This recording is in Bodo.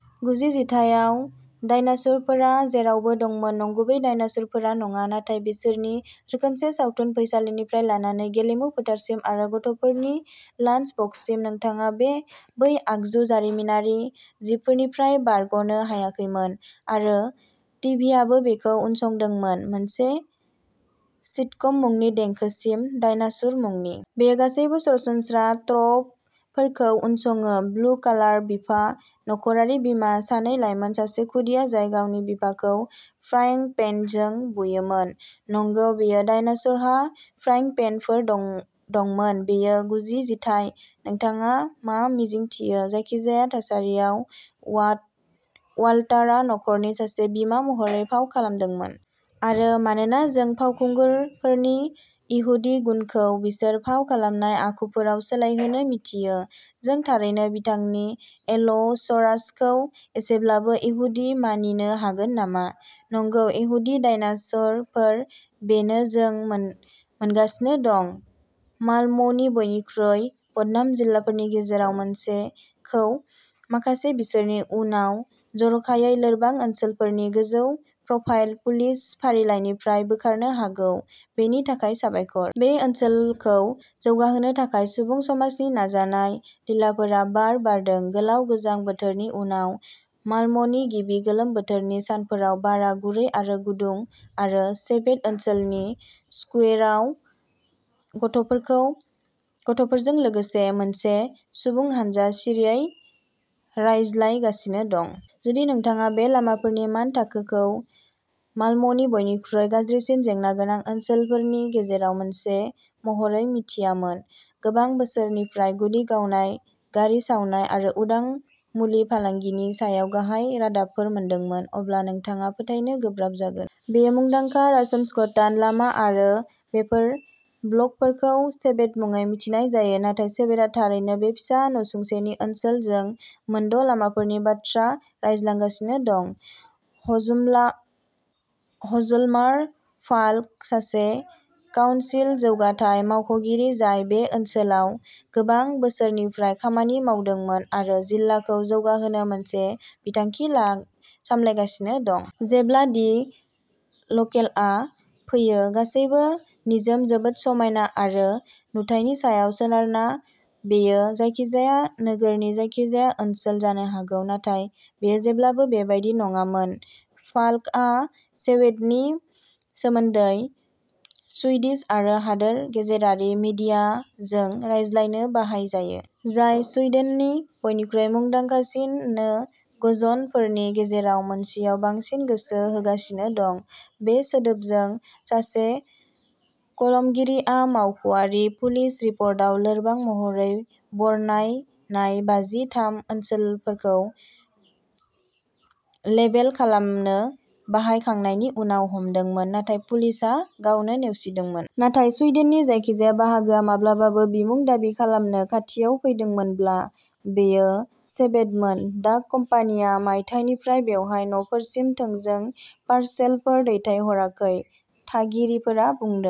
गुजि जिथाइयाव, डायनासुरफोरा जेरावबो दंमोन। नंगुबै डायनासुरफोर नङा। नाथाय बिसोरनि रोखोमसे सावथुन फैसालिनिफ्राय लानानै गेलेमु फोथारसिम आरो गथ'फोरनि लान्सबक्ससिम, नोंथाङा बे बै आगु जारिमिनारि जिबफोरनिफ्राय बारग'नो हायाखैमोन। आरो टिभिआबो बेखौ उनसंदोंमोन। मोनसे सिटकम मुंनि देंखोसिम, डायनासुर‌ मुंनि। बेयो गासैबो सरासनस्रा ट्रपफोरखौ उनसङो। ब्लु कालार बिफा, न'खरारि बिमा, सानै लाइमोन, सासे खुदिया जाय गावनि बिफाखौ फ्राइं पेनजों बुयोमोन। नंगौ, बेफोर डायनासुरहा फ्राइं पेनफोरपेनफोर दं दंमोन। बेयो गुजि जिथाइ। नोंथाङा मा मिजिंथियो। जायखिजाया थासारियाव, ववाट वालटारा नखरनि सासे बिमा महरै फाव खालामदोंमोन। आरो मानोना जों फावखुंगुरफोरनि इहुदि गुनखौ बिसोर फाव खालामनाय आखुफोराव सोलायहोनो मिथियो। जों थारैनो बिथांनि एल'सोरासखौ एसेब्लाबो इहुदि मानिनो हागोन नामा? नंगौ। इहुदि डायनासोरफोर। बेनो जों मोन-मोनगासिनो दं। मालम'नि बयनिख्रुइबो बदनाम जिल्लाफोरनि गेजेराव मोनसेखौ माखासे बोसोरनि उनाव जर'खायै लोरबां ओनसोलफोरनि गोजौ प्रफाइल पुलिस फारिलाइनिफ्राय बोखारनो हागौ, बेनि थाखाय साबायखर। बे ओनसोलखौ जौगाहोनो थाखाय सुबुं समाजनि नाजानाय। लिलाफोरा बार बारदों। गोलाव गोजां बोथोरनि उनाव मालम'नि गिबि गोलोम बोथोरनि सानफोराव बारआ गुरै आरो गुदुं आरो सेभेद ओनसोलनि स्कुवेराव गथफोरखौ गथ'फोरजों लोगोसे मोनसे सुबुं हानजा सिरियै रायज्लायगासिनो दं। जुदि नोंथाङा बे लामाफोरनि मान थाखोखौ मालम'नि बयनिख्रुइ गाज्रिसिन जेंना गोनां ओनसोलफोरनि गेजेराव मोनसे महरै मिनथियामोन। गोबां बोसोरनिफ्राय गुलि गावनाय, गारि सावनाय आरो उदां मुलि फालांगिनि सायाव गाहाय रादाबफोर मोनदोंमोन। अब्ला नोंथाङा फोथायनो गोब्राब जागोन। बेयो मुंदांखा रासमसगतान लामा आरो बेफोर ब्लकफोरखौ सेभेद मुङै मिथिनाय जायो, नाथाय सेभेदआ थारैनो बे फिसा नसुंसेनि ओनसोल, जों मोनद'लामाफोरनि बाथ्रा रायज्लां गासिनो दं। हजमला हजलमार फाल्क, सासे काउनसिल जौगाथाय मावख'गिरि जाय बे ओनसोलाव गोबां बोसोरनिफ्राय खामानि मावदोंमोन आरो जिल्लाखौ जौगाहोनो मोनसे बिथांखि सामलायगासिनो दं। जेब्ला दि लकेलआ फैयो, गासैबो निजोम, जोबोद समायना, आरो नुथायनि सायाव सोनारना बेयो जायखिजाया नोगोरनि जायखिजाया ओनसोल जानो हागौ। नाथाय बेयो जेब्लाबो बेबादि नङामोन। फाल्कआ सेवेदनि सोमोन्दै सुइडिश आरो हादोर गेजेरारि मिडियाजों रायज्लायनो बाहायजायो। जाय सुइडेननि बयनिख्रुइबो मुंदांखासिन नो ग'जन फोरनि गेजेराव मोनसेयाव बांसिन गोसो होगासिनो दं। बे सोदोबखौ सासे कलमगिरिआ मावख'आरि पुलिस रिपर्टआव लोरबां महरै बरनायनाय बाजि थाम ओनसोलफोरखौ लेबेल खालामनो बाहायखांनायनि उनाव हमदोंमोन। नाथाय पुलिसआ गावनो नेवसिदोंमोन। नाथाय सुइडेननि जायखिजाया बाहागोआ माब्लाबाबो बिमुं दाबि खालामनो खाथियाव फैदोंमोनब्ला, बेयो सेभेदमोन। डाक कम्पानिया मायथाइनिफ्राय बेवहाय न'फोरसिम थोंजों पारसेलफोर दैथायहराखै, थागिरिफोरा बुंदों।